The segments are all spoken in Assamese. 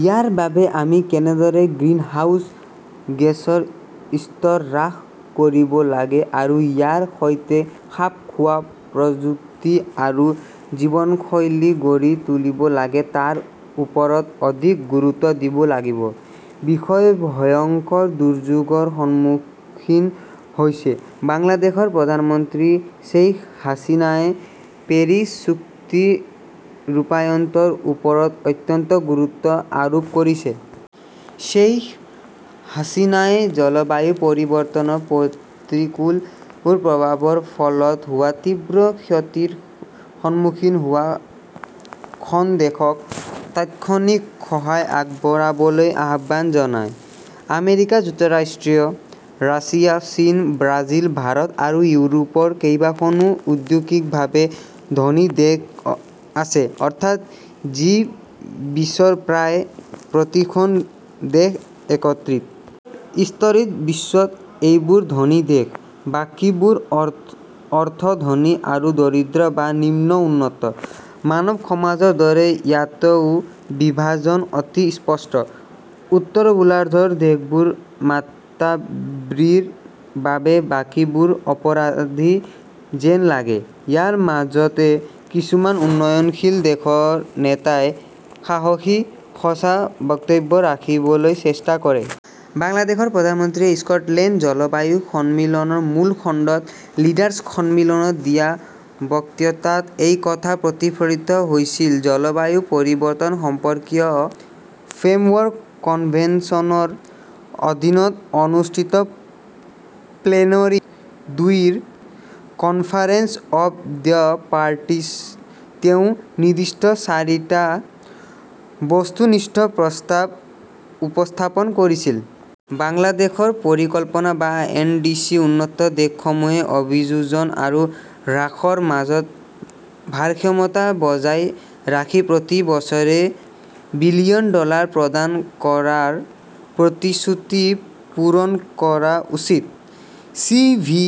ইয়াৰ বাবে আমি কেনেদৰে গ্ৰিনহাউজ গেছৰ স্তৰ হ্ৰাস কৰিব লাগে আৰু ইয়াৰ সৈতে খাপ খোৱা প্ৰযুক্তি আৰু জীৱনশৈলী গঢ়ি তুলিব লাগে তাৰ ওপৰত অধিক গুৰুত্ব দিব লাগিব। বিশ্বই ভয়ংকৰ দুৰ্যোগৰ সন্মুখীন হৈছে বাংলাদেশৰ প্ৰধানমন্ত্ৰী শ্বেইখ হাছিনাই পেৰিছ চুক্তি ৰূপায়ণৰ ওপৰত অত্যন্ত গুৰুত্ব আৰোপ কৰিছে। শ্বেইখ হাছিনাই জলবায়ু পৰিৱৰ্তনৰ প্ৰতিকূল প্ৰভাৱৰ ফলত হোৱা তীব্ৰ ক্ষতিৰ সন্মুখীন হোৱা খন দেশক তাৎক্ষণিক সহায় আগবঢ়াবলৈ আহ্বান জনায়। আমেৰিকা যুক্তৰাষ্ট্ৰ, ৰাছিয়া, চীন, ব্ৰাজিল, ভাৰত আৰু ইউৰোপৰ কেইখনমান ঔদ্যোগিকভাৱে ধনী দেশ আছে। অৰ্থাৎ, জি- বিছৰ প্ৰায় প্ৰতিখন দেশ একত্ৰিত। স্তৰিত বিশ্বত এইবোৰ ধনী দেশ; বাকীবোৰ অৰ্ধ-ধনী আৰু দৰিদ্ৰ বা নিম্ন-উন্নত। মানৱ সমাজৰ দৰে ইয়াতও বিভাজন অতি স্পষ্ট। উত্তৰ গোলাৰ্ধৰ দেশবোৰ মাতাব্ৰীৰ বাবে বাকীবোৰ অপৰাধী যেন লাগে। ইয়াৰ মাজতে কিছুমান উন্নয়নশীল দেশৰ নেতাই সাহসী, সঁচা বক্তব্য ৰাখিবলৈ চেষ্টা কৰে। বাংলাদেশৰ প্ৰধানমন্ত্ৰীয়ে স্কটলেণ্ড জলবায়ু সন্মিলনৰ মূল খণ্ডত লিডাৰ্ছ সন্মিলনত দিয়া বক্তৃতাত এই কথা প্ৰতিফলিত হৈছিল। জলবায়ু পৰিৱৰ্তন সম্পৰ্কীয় ফ্ৰেমৱৰ্ক কনভেনচনৰ অধীনত অনুষ্ঠিত প্লেনৰী- দুইৰ কনফাৰেন্স অৱ দ্য পাৰ্টিছত তেওঁ নিৰ্দিষ্ট চাৰিটা বস্তুনিষ্ঠ প্ৰস্তাৱ উপস্থাপন কৰিছিল। বাংলাদেশৰ পৰিকল্পনা বা এন. ডি. চি. উন্নত দেশসমূহে অভিযোজন আৰু হ্ৰাসৰ মাজত ভাৰসাম্য বজাই ৰাখি প্ৰতি বছৰে বিলিয়ন ডলাৰ প্ৰদান কৰাৰ প্ৰতিশ্ৰুতি পূৰণ কৰা উচিত;. চি. ভি.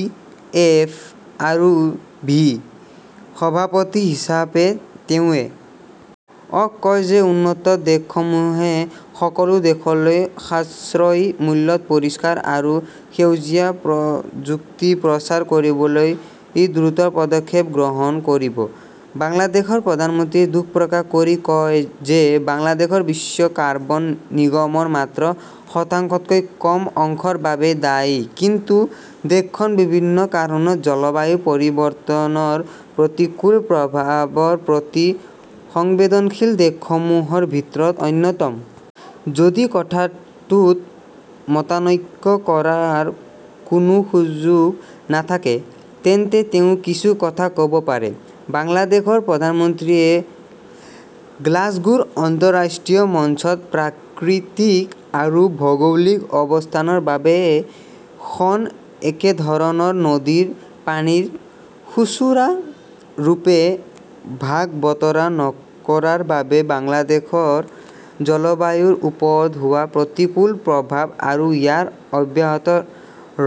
এফ. আৰু ভি- -ৰ সভাপতি হিচাপে তেওঁ এ. অ'ক কয় যে উন্নত দেশসমূহে সকলো দেশলৈ সাশ্ৰয়ী মূল্যত পৰিষ্কাৰ আৰু সেউজীয়া প্ৰযুক্তি প্ৰচাৰ কৰিবলৈ দ্ৰুত পদক্ষেপ গ্ৰহণ কৰিব। বাংলাদেশৰ প্ৰধানমন্ত্ৰীয়ে দুখ প্ৰকাশ কৰি কয় যে বাংলাদেশ বিশ্বৰ কাৰ্বন নিৰ্গমনৰ মাত্ৰ শতাংশতকৈ কম অংশৰ বাবে দায়ী কিন্তু দেশখন বিভিন্ন কাৰণত জলবায়ু পৰিৱৰ্তনৰ প্ৰতিকূল প্ৰভাৱৰ প্ৰতি সংবেদনশীল দেশসমূহৰ ভিতৰত অন্যতম। যদি কথাটোত মতানৈক্য কৰাৰ কোনো সুযোগ নাথাকে, তেন্তে তেওঁ কিছু কথা ক'ব পাৰে। বাংলাদেশৰ প্ৰধানমন্ত্ৰীয়ে গ্লাছগোৰ আন্তঃৰাষ্ট্ৰীয় মঞ্চত প্ৰাকৃতিক আৰু ভৌগোলিক অৱস্থানৰ বাবে খন একেধৰণৰ নদীৰ পানীৰ সুচাৰুৰূপে ভাগ-বতৰা নকৰাৰ বাবে বাংলাদেশৰ জলবায়ুৰ ওপৰত হোৱা প্ৰতিকূল প্ৰভাৱ আৰু ইয়াক অব্যাহত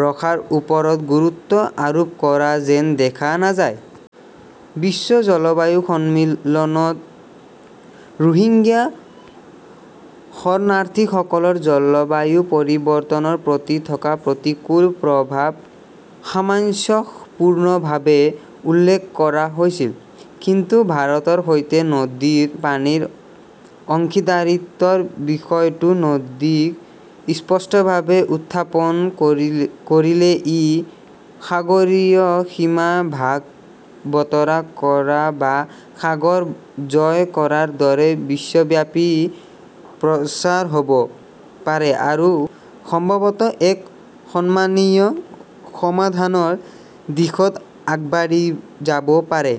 ৰখাৰ ওপৰত গুৰুত্ব আৰোপ কৰা যেন দেখা নাযায়। বিশ্ব জলবায়ু সন্মিলনত ৰোহিংগ্যা শৰণাৰ্থীসকলৰ জলবায়ু পৰিৱৰ্তনৰ প্ৰতি থকা প্ৰতিকূল প্ৰভাৱক সামঞ্জস্যপূৰ্ণভাৱে উল্লেখ কৰা হৈছিল, কিন্তু ভাৰতৰ সৈতে নদীৰ পানীৰ অংশীদাৰিত্বৰ বিষয়টো অধিক স্পষ্টভাৱে উত্থাপন কৰিলে ই সাগৰীয় সীমা ভাগ-বতৰা কৰা বা সাগৰ জয় কৰাৰ দৰে বিশ্বব্যাপী প্ৰচাৰ হ'ব পাৰে আৰু সম্ভৱতঃ এক সন্মানীয় সমাধানৰ দিশত আগবাঢ়ি যাব পাৰে।